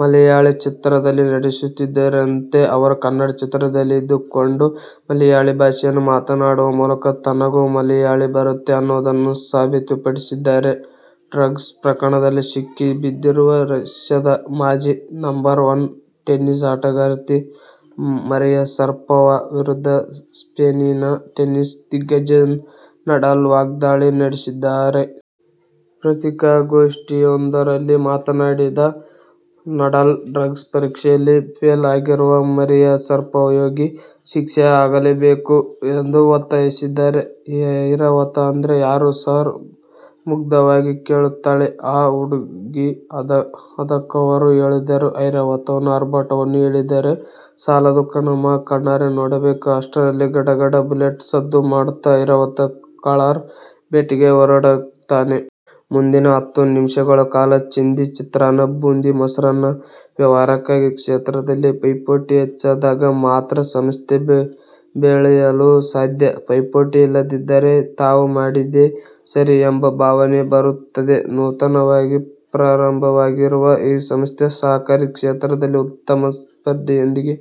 ಮಲಯಾಳಿ ಚಿತ್ರದಲ್ಲಿ ನಟಿಸದಿದ್ದರೇನಂತೆ, ಅವರು ಕನ್ನಡ ಚಿತ್ರದಲ್ಲಿದ್ದುಕೊಂಡೇ ಮಲಯಾಳಿ ಭಾಷೆಯನ್ನು ಮಾತಾಡುವ ಮೂಲಕ ತನಗೂ ಮಲಯಾಳಿ ಬರುತ್ತೆ ಅನ್ನೋದನ್ನು ಸಾಬೀತುಪಡಿಸಿದ್ದಾರೆ. ಡ್ರಗ್ಸ್ ಪ್ರಕರಣದಲ್ಲಿ ಸಿಕ್ಕಿಬಿದ್ದಿರುವ ರಶ್ಯದ ಮಾಜಿ ನಂಬರ್ ಒನ್ ಟೆನಿಸ್ ಆಟಗಾರ್ತಿ ಮರಿಯಾ ಶರಪೋವಾ ವಿರುದ್ಧ ಸ್ಪೇನಿನ ಟೆನಿಸ್ ದಿಗ್ಗಜ ನಡಾಲ್ ವಾಗ್ಧಾಳಿ ನಡೆಸಿದ್ದಾರೆ. ಪತ್ರಿಕಾಗೋಷ್ಠಿಯೊಂದರಲ್ಲಿ ಮಾತನಾಡಿದ ನಡಾಲ್, ಡ್ರಗ್ಸ್ ಪರೀಕ್ಷೆಯಲ್ಲಿ ಫೇಲ್ ಆಗಿರುವ ಮರಿಯಾ ಶರಪೋವಾಗೆ ಶಿಕ್ಷೆ ಆಗಲೇಬೇಕು ಎಂದು ಒತ್ತಾಯಿಸಿದ್ದಾರೆ. ಈ ಐರಾವತ ಅಂದ್ರೆ ಯಾರು ಸಾರ್ ಮುಗ್ಧವಾಗಿ ಕೇಳುತ್ತಾಳೆ ಆ ಹುಡುಗಿ. ಅದಕ್ಕವರು ಹೇಳುತ್ತಾರೆ. ಐರಾವತನ ಆರ್ಭಟವನ್ನ ಹೇಳಿದರೆ ಸಾಲದು ಕಣಮ್ಮ. ಕಣ್ಣಾರೆ ನೋಡಬೇಕು ಅಷ್ಟರಲ್ಲಿ ಗಡಗಡ ಬುಲೆಟ್ ಸದ್ದು ಮಾಡುತ್ತಾ ಐರಾವತ ಖಳರ ಬೇಟೆಗೆ ಹೊರಡುತ್ತಾನೆ. ಮುಂದಿನ ಹತ್ತು ನಿಮಿಷಗಳ ಕಾಲ ಚಿಂದಿ ಚಿತ್ರಾನ್ನ, ಬೂಂದಿ ಮೊಸರನ್ನ. ವ್ಯಾವಹಾರಿಕ ಕ್ಷೇತ್ರದಲ್ಲಿ ಪೈಪೋಟಿ ಹೆಚ್ಚಾದಾಗ ಮಾತ್ರ ಸಂಸ್ಥೆ ಬೆಳೆಯಲು ಸಾಧ್ಯ. ಪೈಪೋಟಿ ಇಲ್ಲದಿದ್ದರೆ ತಾವು ಮಾಡಿದ್ದೇ ಸರಿ ಎಂಬ ಭಾವನೆ ಬರುತ್ತದೆ. ನೂತನವಾಗಿ ಪ್ರಾರಂಭವಾಗಿರುವ ಈ ಸಂಸ್ಥೆ ಸಹಕಾರಿ ಕ್ಷೇತ್ರದಲ್ಲಿ ಉತ್ತಮ ಸ್ಪರ್ಧೆಯೊಂದಿಗೆ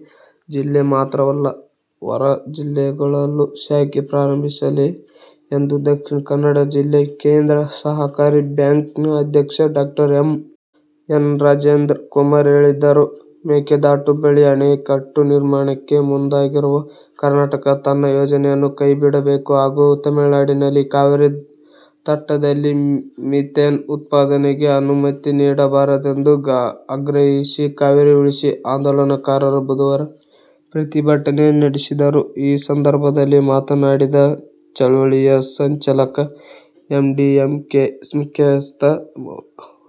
ಜಿಲ್ಲೆ ಮಾತ್ರವಲ್ಲ ಹೊರ ಜಿಲ್ಲೆಗಳಲ್ಲೂ ಶಾಖೆ ಪ್ರಾರಂಭಿಸಲಿ ಎಂದು ದಕ್ಷಿಣ ಕನ್ನಡ ಜಿಲ್ಲಾ ಕೇಂದ್ರ ಸಹಕಾರಿ ಬ್ಯಾಂಕ್ನ ಅಧ್ಯಕ್ಷ ಡಾ ಎಂ. ಎನ್. ರಾಜೇಂದ್ರ ಕುಮಾರ್ ಹೇಳಿದರು. ಮೇಕೆದಾಟು ಬಳಿ ಅಣೆಕಟ್ಟು ನಿರ್ಮಾಣಕ್ಕೆ ಮುಂದಾಗಿರುವ ಕರ್ನಾಟಕ ತನ್ನ ಯೋಜನೆಯನ್ನು ಕೈ ಬಿಡಬೇಕು ಹಾಗೂ ತಮಿಳುನಾಡಿನಲ್ಲಿ ಕಾವೇರಿ ತಟದಲ್ಲಿ ಮಿಥೇನ್ ಉತ್ಪಾದನೆಗೆ ಅನುಮತಿ ನೀಡಬಾರದೆಂದು ಆಗ್ರಹಿಸಿ ಕಾವೇರಿ ಉಳಿಸಿ ಆಂದೋಲನಕಾರರು ಬುಧವಾರ ಪ್ರತಿಭಟನೆ ನಡೆಸಿದರು. ಈ ಸಂದರ್ಭದಲ್ಲಿ ಮಾತನಾಡಿದ ಚಳವಳಿಯ ಸಂಚಾಲಕ, ಎಂಡಿಎಂಕೆ ಮುಖ್ಯಸ್ಥ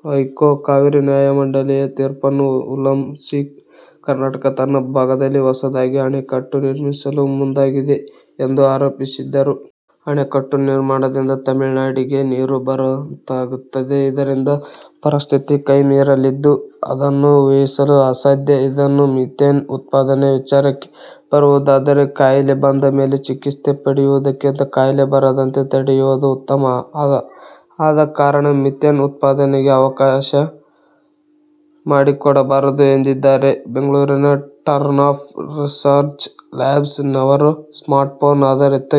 ವೈಕೋ, ಕಾವೇರಿ ನ್ಯಾಯಮಂಡಳಿ ತೀರ್ಪನ್ನು ಉಲ್ಲಂ ಸಿ ಕರ್ನಾಟಕ ತನ್ನ ಭಾಗದಲ್ಲಿ ಹೊಸದಾಗಿ ಅಣೆಕಟ್ಟು ನಿರ್ಮಿಸಲು ಮುಂದಾಗಿದೆ ಎಂದು ಆರೋಪಿಸಿದರು. ಅಣೆಕಟ್ಟು ನಿರ್ಮಾಣದಿಂದ ತಮಿಳುನಾಡಿಗೆ ನೀರು ಬರದಂತಾಗುತ್ತದೆ. ಇದರಿಂದ ಪರಿಸ್ಥಿತಿ ಕೈ ಮೀರಲಿದ್ದು, ಅದನ್ನು ಊಹಿಸಲು ಅಸಾಧ್ಯ. ಇದನ್ನು ಮಿಥೇನ್ ಉತ್ಪಾದನೆ ವಿಚಾರಕ್ಕೆ ಬರುವುದಾದರೆ, ಕಾಯಿಲೆ ಬಂದ ಮೇಲೆ ಚಿಕಿತ್ಸೆ ಪಡೆಯುವುದಕ್ಕಿಂತ ಕಾಯಿಲೆ ಬರದಂತೆ ತಡೆಯುವುದು ಉತ್ತಮ. ಆದಕಾರಣ ಮಿಥೇನ್ ಉತ್ಪಾದನೆಗೆ ಅವಕಾಶ ಮಾಡಿಕೊಡಬಾರದು ಎಂದಿದ್ದಾರೆ. ಬೆಂಗಳೂರಿನ ಟರ್ನಪ್ ರಿಸರ್ಚ್ ಲ್ಯಾಬ್ಸ್ ನವರು ಸ್ಮಾರ್ಟ್ ಫೋನ್ ಆಧರಿತ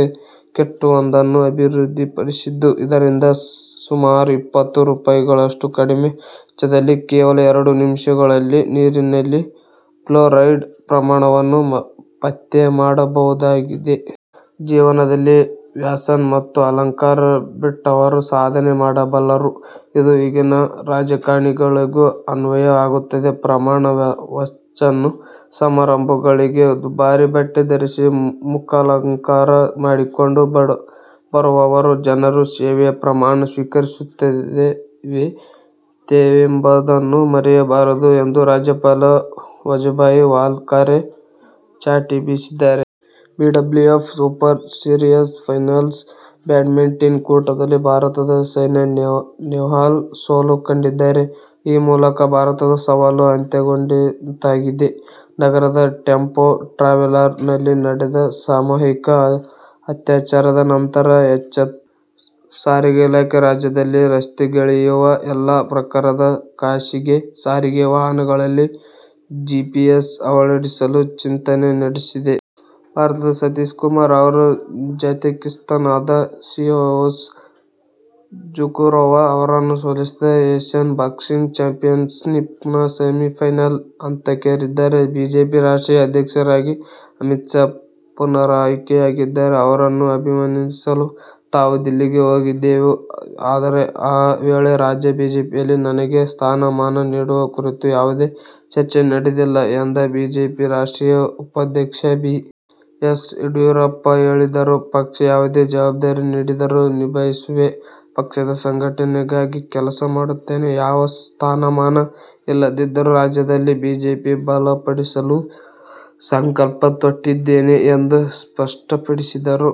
ಕಿಟ್ ವೊಂದನ್ನು ಅಭಿವೃದ್ಧಿಪಡಿಸಿದ್ದು, ಇದರಿಂದ ಸುಮಾರು ಇಪ್ಪತ್ತು ರೂಪಾಯಿಗಳಷ್ಟು ಕಡಿಮೆ ವೆಚ್ಚದಲ್ಲಿ, ಕೇವಲ ಎರಡು ನಿಮಿಷಗಳಲ್ಲಿ ನೀರಲ್ಲಿನ ಫ್ಲೊರೈಡ್ ಪ್ರಮಾಣವನ್ನು ಪತ್ತೆ ಮಾಡಬಹುದಾಗಿದೆ. ಜೀವನದಲ್ಲಿ ವ್ಯಸನ ಮತ್ತು ಅಲಂಕಾರ ಬಿಟ್ಟವರು ಸಾಧನೆ ಮಾಡಬಲ್ಲರು. ಇದು ಈಗಿನ ರಾಜಕಾರಣಿಗಳಿಗೂ ಅನ್ವಯ ಆಗುತ್ತದೆ. ಪ್ರಮಾಣ ವಚನ ಸಮಾರಂಭಗಳಿಗೆ ದುಬಾರಿ ಬಟ್ಟೆ ಧರಿಸಿ ಮುಖಾಲಂಕಾರ ಮಾಡಿಕೊಂಡು ಬರುವವರು ಜನರ ಸೇವೆಯ ಪ್ರಮಾಣ ಸ್ವೀಕರಿಸುತ್ತಿದ್ದೇವೆ ತ್ತೇವೆ ಎಂಬುದನ್ನು ಮರೆಯಬಾರದು ಎಂದು ರಾಜ್ಯಪಾಲ ವಜುಭಾಯಿ ವಾಲಾ ಕರೆ ಚಾಟಿ ಬೀಸಿದ್ದಾರೆ. BWF super series finals badminton ಕೂಟದಲ್ಲಿ ಭಾರತದ ಸೈನಾ ನೆಹ್ವಾಲ್ ಸೋಲು ಕಂಡಿದ್ದಾರೆ. ಈ ಮೂಲಕ ಭಾರತದ ಸವಾಲು ಅಂತ್ಯಗೊಂಡಂತಾಗಿದೆ. ನಗರದ ಟೆಂಪೋ ಟ್ರಾವೆಲರ್ ನಲ್ಲಿ ನಡೆದ ಸಾಮೂಹಿಕ ಅತ್ಯಾಚಾರದ ನಂತರ ಎಚ್ಚೆತ್ತ ಸಾರಿಗೆ ಇಲಾಖೆ, ರಾಜ್ಯದಲ್ಲಿ ರಸ್ತೆಗಿಳಿಯುವ ಎಲ್ಲ ಪ್ರಕಾರದ ಖಾಸಗಿ ಸಾರಿಗೆ ವಾಹನಗಳಲ್ಲಿ ಜಿಪಿಎಸ್ ಅಳವಡಿಸಲು ಚಿಂತನೆ ನಡೆಸಿದೆ. ಭಾರತದ ಸತೀಶ್ ಕುಮಾರ್ ಅವರು ತಜಿಕಿಸ್ಥಾನದ ಸಿಯೊವುಶ್ ಜುಖುರೋವ್ ಅವರನ್ನು ಸೋಲಿಸಿ ಏಶ್ಯನ್ ಬಾಕ್ಸಿಂಗ್ ಚಾಂಪಿಯನ್ಶಿಪ್ನ ಸೆಮಿಫೈನಲ್ ಹಂತಕ್ಕೇರಿದ್ದಾರೆ. ಬಿಜೆಪಿ ರಾಷ್ಟ್ರೀಯ ಅಧ್ಯಕ್ಷರಾಗಿ ಅಮಿತ್ ಶಾ ಪುನರಾಯ್ಕೆಯಾಗಿದ್ದಾರೆ. ಅವರನ್ನು ಅಭಿನಂದಿಸಲು ತಾವೂ ದಿಲ್ಲಿಗೆ ಹೋಗಿದ್ದೆವು. ಆದರೆ ಈ ವೇಳೆ ರಾಜ್ಯ ಬಿಜೆಪಿಯಲ್ಲಿ ತನಗೆ ಸ್ಥಾನ ಮಾನ ನೀಡುವ ಕುರಿತು ಯಾವುದೇ ಚರ್ಚೆ ನಡೆದಿಲ್ಲ ಎಂದು ಬಿಜೆಪಿ ರಾಷ್ಟ್ರೀಯ ಉಪಾಧ್ಯಕ್ಷ ಬಿ. ಎಸ್. ಯಡಿಯೂರಪ್ಪ ಹೇಳಿದರು. ಪಕ್ಷ ಯಾವುದೇ ಜವಾಬ್ದಾರಿ ನೀಡಿದರೂ ನಿಭಾಯಿಸುವೆ. ಪಕ್ಷದ ಸಂಘಟನೆಗಾಗಿ ಕೆಲಸ ಮಾಡುತ್ತೇನೆ. ಯಾವ ಸ್ಥಾನಮಾನ ಇಲ್ಲದಿದ್ದರೂ ರಾಜ್ಯದಲ್ಲಿ ಬಿಜೆಪಿ ಬಲಪಡಿಸಲು ಸಂಕಲ್ಪ ತೊಟ್ಟಿದ್ದೇನೆ ಎಂದು ಸ್ಪಷ್ಟಪಡಿಸಿದರು.